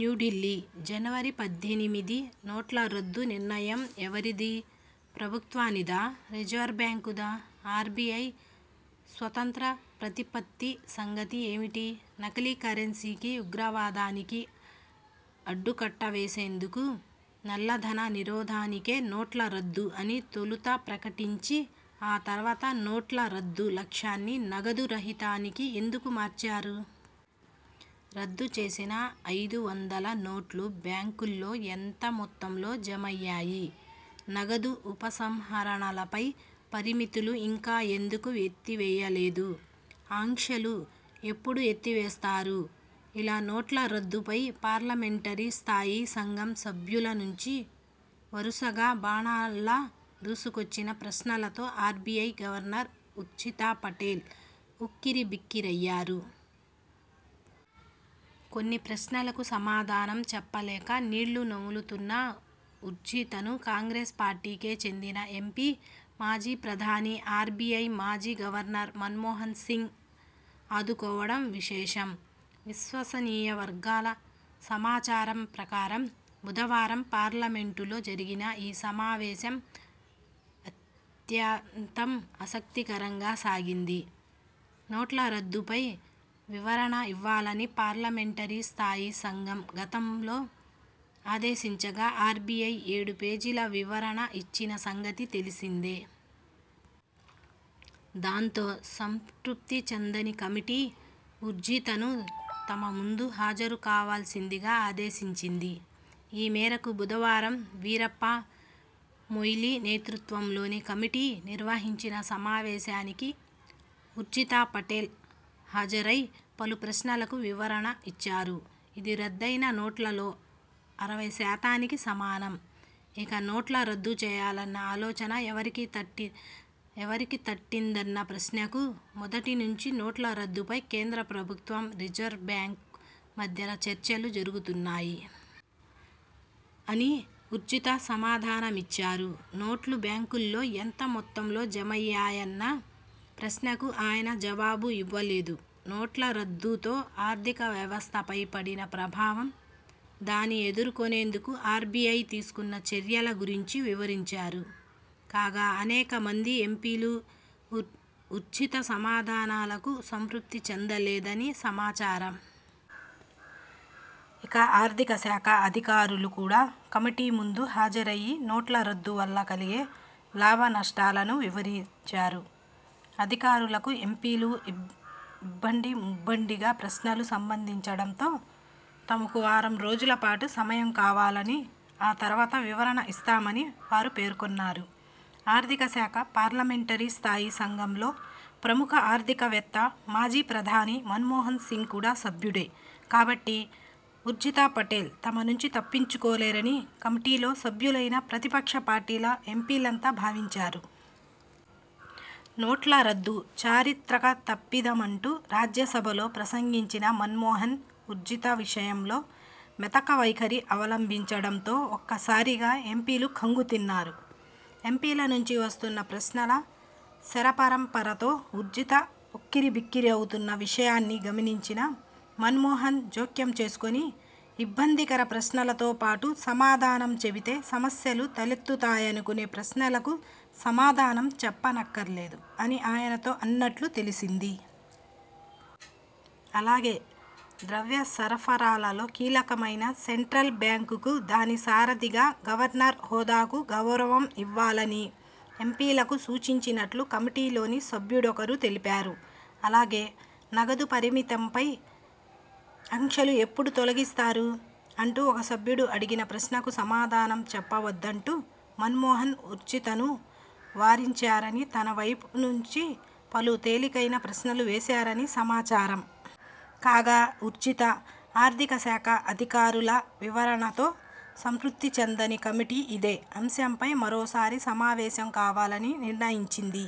న్యూఢిల్లీ, జనవరి పద్దెనిమిది నోట్ల రద్దు నిర్ణయం ఎవరిది? ప్రభుత్వానిదా? రిజర్వుబ్యాంకుదా? ఆర్బీఐ స్వతంత్ర ప్రతిపత్తి సంగతి ఏమిటి? నకిలీ కరెన్సీకి, ఉగ్రవాదానికి అడ్డుకట్ట వేసేందుకు, నల్లధన నిరోధానికే నోట్ల రద్దు అని తొలుత ప్రకటించి ఆ తర్వాత నోట్ల రద్దు లక్ష్యాన్ని నగదు రహితానికి ఎందుకు మార్చారు? రద్దు చేసిన ఐదు వందల నోట్లు బ్యాంకుల్లో ఎంత మొత్తంలో జమయ్యాయి? నగదు ఉపసంహరణలపై పరిమితులు ఇంకా ఎందుకు ఎత్తి వేయలేదు? ఆంక్షలు ఎప్పుడు ఎత్తివేస్తారు? ఇలా నోట్ల రద్దు పై పార్లమెంటరీ స్థాయీ సంఘం సభ్యుల నుంచి వరుసగా బాణాల్లా దూసుకొచ్చిన ప్రశ్నలతో ఆర్బీఐ గవర్నర్ ఉర్జిత పటేల్ ఉక్కిరిబిక్కిరయ్యారు. కొన్ని ప్రశ్నలకు సమాధానం చెప్పలేక నీళ్లు నములుతున్న ఉర్జితను కాంగ్రెస్ పార్టీకే చెందిన ఎంపీ, మాజీ ప్రధాని, ఆర్బీఐ మాజీ గవర్నర్ మన్మోహన్ సింగ్ ఆదుకోవడం విశేషం! విశ్వసనీయ వర్గాల సమాచారం ప్రకారం బుధవారం పార్లమెంటులో జరిగిన ఈ సమావేశం ఆద్యంతం ఆసక్తికరంగా సాగింది. నోట్ల రద్దుపై వివరణ ఇవ్వాలని పార్లమెంటరీ స్థాయీ సంఘం గతంలో ఆదేశించగా ఆర్బీఐ ఏడు పేజీల వివరణ ఇచ్చిన సంగతి తెలిసిందే. దాంతో సంతృప్తి చెందని కమిటీ ఉర్జితను తమ ముందు హాజరు కావాల్సిందిగా ఆదేశించింది. ఈమేరకు బుధవారం వీరప్ప మొయిలీ నేతృత్వంలోని కమిటీ నిర్వహించిన సమావేశానికి ఉర్జిత పటేల్ హాజరై పలు ప్రశ్నలకు వివరణ ఇచ్చారు. ఇది రద్దయిన నోట్లలో అరవై శాతానికి సమానం. ఇక, నోట్ల రద్దు చేయాలన్న ఆలోచన ఎవరికి తట్టిందన్న ప్రశ్నకు '' మొదటి నుంచి నోట్ల రద్దుపై కేంద్ర ప్రభుత్వం, రిజర్వు బ్యాంకు మధ్యల చర్చలు జరుగుతున్నాయి. '' అని ఉర్జిత సమాధానమిచ్చారు. నోట్లు బ్యాంకుల్లో ఎంత మొత్తంలో జమయ్యాయన్న ప్రశ్నకు ఆయన జవాబు ఇవ్వలేదు. నోట్ల రద్దుతో ఆర్థిక వ్యవస్థపై పడిన ప్రభావం, దాన్ని ఎదుర్కొనేందుకు ఆర్బీఐ తీసుకున్న చర్యల గురించి వివరించారు. కాగా అనేక మంది ఎంపీలు ఉర్జిత సమాధానాలకు సంతృప్తి చెందలేదని సమాచారం. ఇక ఆర్థిక శాఖ అధికారులు కూడా కమిటీ ముందు హాజరయ్యి నోట్ల రద్దు వల్ల కలిగే లాభనష్టాలను వివరించారు. అధికారులకు ఎంపీలు ఇబ్బడి ముబ్బడిగా ప్రశ్నలు సంధించడంతో తమకు వారం రోజుల పాటు సమయం కావాలని, ఆ తర్వాత వివరణ ఇస్తామని వారు పేర్కొన్నారు. ఆర్థిక శాఖ పార్లమెంటరీ స్థాయీ సంఘంలో ప్రముఖ ఆర్థిక వేత్త, మాజీ ప్రధాని మన్మోహన్ సింగ్ కూడా సభ్యుడే కాబట్టి ఉర్జిత పటేల్ తమ నుంచి తప్పించుకోలేరని కమిటీలో సభ్యులైన ప్రతిపక్ష పార్టీల ఎంపీలంతా భావించారు. నోట్ల రద్దు చారిత్రక తప్పిదమంటూ రాజ్యసభలో ప్రసంగించిన మన్మోహన్ ఉ ర్జిత విషయంలో మెతక వైఖరి అవలంభించడంతో ఒక్కసారిగా ఎంపీలు ఖంగుతిన్నారు. ఎంపీల నుంచి వస్తున్న ప్రశ్నల శరపరంపరతో ఉర్జిత ఉక్కిరిబిక్కిరి అవుతున్న విషయాన్ని గమనించిన మన్మోహన్ జోక్యం చేసుకొని ''ఇబ్బందికర ప్రశ్నలతో పాటు సమాధానం చెబితే సమస్యలు తలెత్తుతాయనుకునే ప్రశ్నలకు సమాధానం చెప్పనక్కరలేదు '' అని ఆయనతో అన్నట్లు తెలిసింది. అలాగే ద్రవ్యసరఫరాలో కీలకమైన సెంట్రల్ బ్యాంకుకు, దాని సారథిగా గవర్నర్ హోదాకు గౌరవం ఇవ్వాలని ఎంపీలకు సూచించినట్టు కమిటీలోని సభ్యుడొకరు తెలిపారు. అలాగే 'నగదు పరిమితిపై ఆంక్షలు ఎప్పుడు తొలగిస్తారు' అంటూ ఒక సభ్యుడు అడిగిన ప్రశ్నకు సమాధానం చెప్పవద్దంటూ మన్మోహన్ ఉర్జితను వారించారని తనవైపు నుంచి పలు తేలికైన ప్రశ్నలు వేశారని సమాచారం. కాగా ఉర్జిత, ఆర్థిక శాఖ అధికారుల వివరణలతో సంతృప్తి చెందని కమిటీ ఇదే అంశంపై మరోసారి సమావేశం కావాలని నిర్ణయించింది.